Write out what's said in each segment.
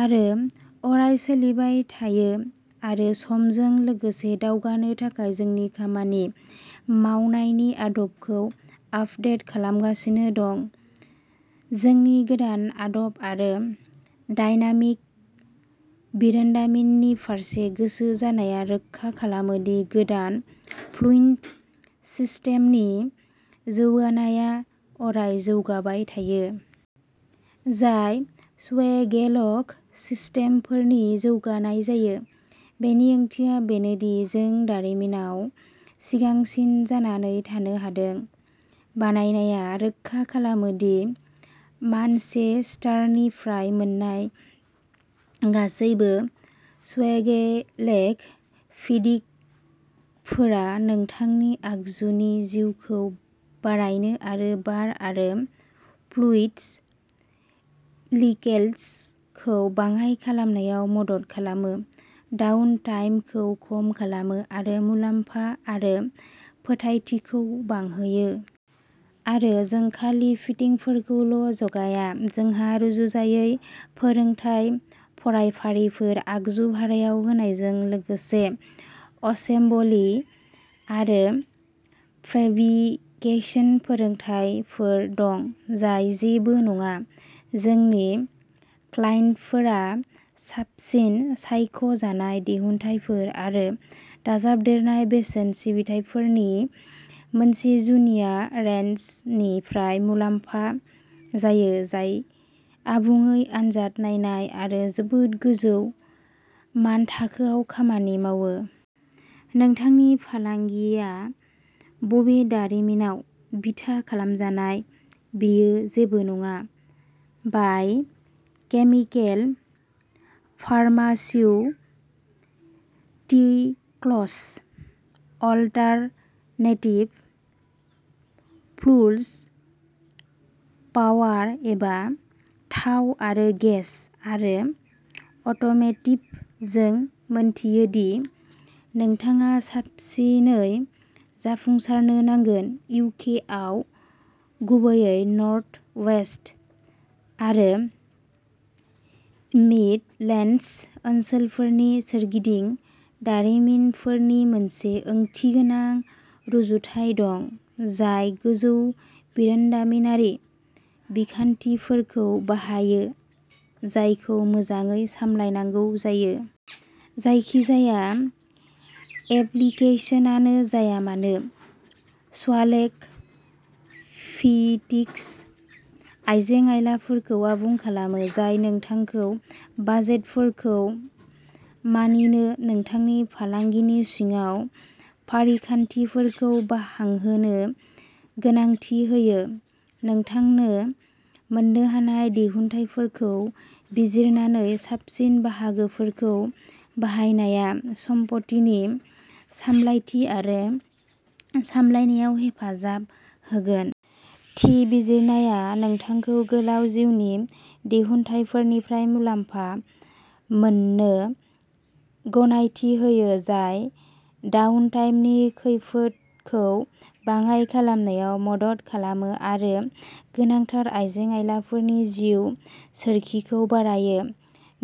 आरो अराय सोलियबाय थायो आरो समजों लोगोसे दावगानो थाखाय जोंनि खामानि मावनायनि आदबखौ आपडेट खालामगासिनो दं। जोंनि गोदान आदब आरो डायनामिक बिरोंदामिननि फारसे गोसो जानाया रोखा खालामो दि गोदान फ्लुइन्ड सिस्टेमनि जौगानायआ अराय जौगाबाय थायो। जाय स्वेगेलक सिस्टेमफोरनि जौगानाय जायो, बेनि ओंथिया बेनो दि जों दारिमिनाव सिगांसिन जानानै थानो हादों। बानायनाया रोखा खालामो दि मानचेस्टारनिफ्राय मोन्नाय गासैबो स्वेगेलेक फिडिगफोरा नोंथांनि आगजुनि जिउखौ बारायनो आरो बार आरो फ्लुइडस लिकेल्जखौ बाङाइ खालामनायाव मदद खालामो, डाउन टाइमखौ खम खालामो आरो मुलाम्फा आरो फोथायथिखौ बांहोयो। आरो जों खालि फिटिंगफोरखौल' जगाया। जोंहा रुजुजायै फोरोंथाय फरायफारिफोर, आगजु भारायाव होनायजों लोगोसे असेम्बलि आरो फेब्रिकेशन सिबिथाइफोर दं जाय जेबो नङा। जोंनि क्लाइन्टफोरा साबसिन सायख' जानाय दिहुनथायफोर आरो दाजाबदेरनाय बेसेन सिबिथाइफोरनि मोनसे जुनिया रेन्जनिफ्राय मुलाम्फा जायो जाय आबुङै आनजाद नायनाय आरो जोबोद गोजौ मानथाखोआव खामानि मावो। नोंथांनि फालांगिया बबे दारिमिनाव बिथा खालामजानाय बेयो जेबो नङा। Biochemical, pharmaceuticals, alternative fuels, power एबा थाव आरो गेस, आरो अट'म'टिभ जों मिथियो दि नोंथाङा साबसिनै जाफुंसारनो नांगोन। इउ के आव, गुबैयै नर्थ वेस्ट आरो मिडलेन्डस ओनसोलफोरनि सोरगिदिं, दारिमिनफोरनि मोनसे ओंथिगोनां रुजुथाय दं, जाय गोजौ बिरोंदामिनारि बिखान्थिफोरखौ बाहायो जायखौ मोजाङै सामलायनांगौ जायो। जायखिजाया एप्लिकेसोनानो जाया मानो, स्वालेक फिटिक्स आइजें-आइलाफोरखौ आबुं खालामो, जाय नोंथांखौ बाजेटफोरखौ मानिनो, नोंथांनि फालांगिनि सिङाव फारिखान्थिफोरखौ बाहांहोनो गोनांथि होयो। नोंथांनो मोन्नो हानाय दिहुनथायफोरखौ बिजिरनानै, साबसिन बाहागोफोरखौ बाहायनाया सम्पथिनि सामलायथि आरो सामलायनायाव हेफाजाब होगोन। थि बिजिरनाया नोंथांखौ गोलाव जिउनि दिहुनथायफोरनिफ्राय मुलाम्फा मोननो गनायथि होयो जाय डाउन टाइमनि खैफोदखौ बाङाय खालामनायाव मदद खालामो, आरो गोनांथार आइजें-आइलाफोरनि जिउ सोरखिखौ बारायो।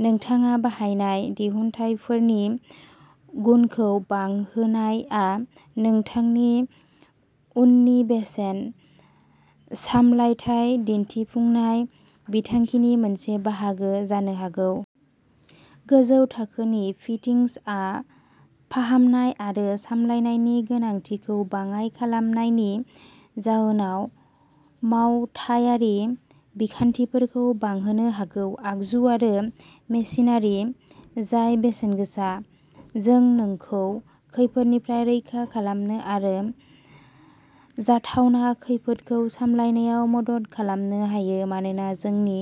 नोंथाङा बाहायनाय दिहुनथायफोरनि गुनखौ बांहोनायआ नोंथांनि उननि बेसेन सामलायथाय दिन्थिफुंनाय बिथांखिनि मोनसे बाहागो जानो हागौ। गोजौ थाखोनि फिटिंसआ फाहामनाय आरो सामलायनायनि गोनांथिखौ बाङाइ खालामनायनि जाहोनाव मावथायारि बिखान्थिफोरखौ बांहोनो हागौ। आगजु आरो मेसिनारि, जाय बेसेन गोसा। जों नोंखौ खैफोदनिफ्राय रैखा खालामनो आरो जाथावना खैफोदखौ सामलायनायाव मदद खालामनो हायो, मानोना जोंनि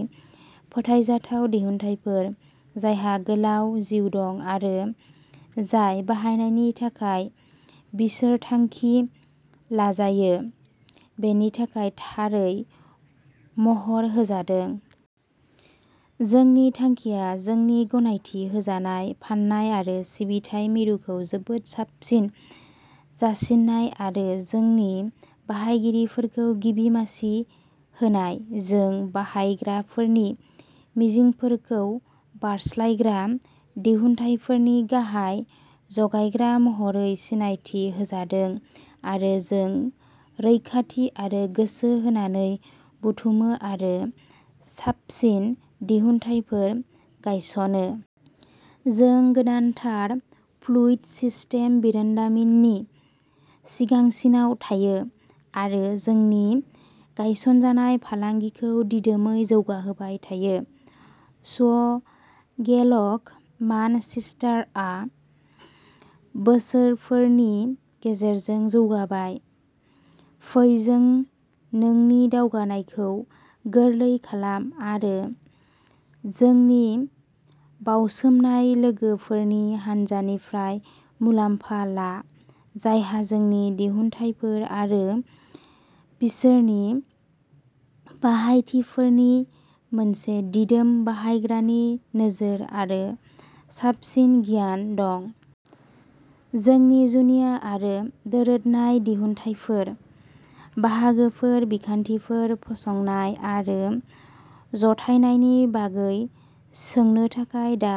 फोथायजाथाव दिहुनथायफोर, जायहा गोलाव जिउ दं आरो जाय बाहायनायनि थाखाय बिसोर थांखि लाजायो बेनि थाखाय थारै महर होजादों। जोंनि थांखिया जोंनि गनायथि होजानाय फान्नाय आरो सिबिथाइ मिरुखौ जोबोद साबसिन जासिनाय आरो जोंनि बाहायगिरिफोरखौ गिबि मासि होनाय। जों बाहायग्राफोरनि मिजिंफोरखौ बारस्लायग्रा दिहुनथायफोरनि गाहाय जगायग्रा महरै सिनायथि होजादों, आरो जों रैखाथि आरो गोसो होनानै बुथुमो आरो साबसिन दिहुनथायफोर गायसनो। जों गोदानथार फ्लुइड सिस्टेम बिरोंदामिननि सिगांसिनाव थायो, आरो जोंनि गायसनजानाय फालांगिखौ दिदोमै जौगाहोबाय थायो। स्वगेलक मानचेस्टारआ बोसोरफोरनि गेजेरजों जौगाबाय। फै जों नोंनि दावगानायखौ गोरलै खालाम आरो जोंनि बावसोमनाय लोगोफोरनि हानजानिफ्राय मुलाम्फा ला जायहा जोंनि दिहुनथायफोर आरो बिसोरनि बाहायथिफोरनि मोनसे दिदोम बाहायग्रानि नोजोर आरो साबसिन गियान दं। जोंनि जुनिया आरो दोरोदनाय दिहुनथायफोर, बाहागोफोर, बिखान्थिफोर, फसंनाय आरो जथायनायनि बागै सोंनो थाखाय दा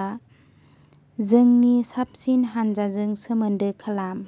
जोंनि साबसिन हानजाजों सोमोन्दो खालाम।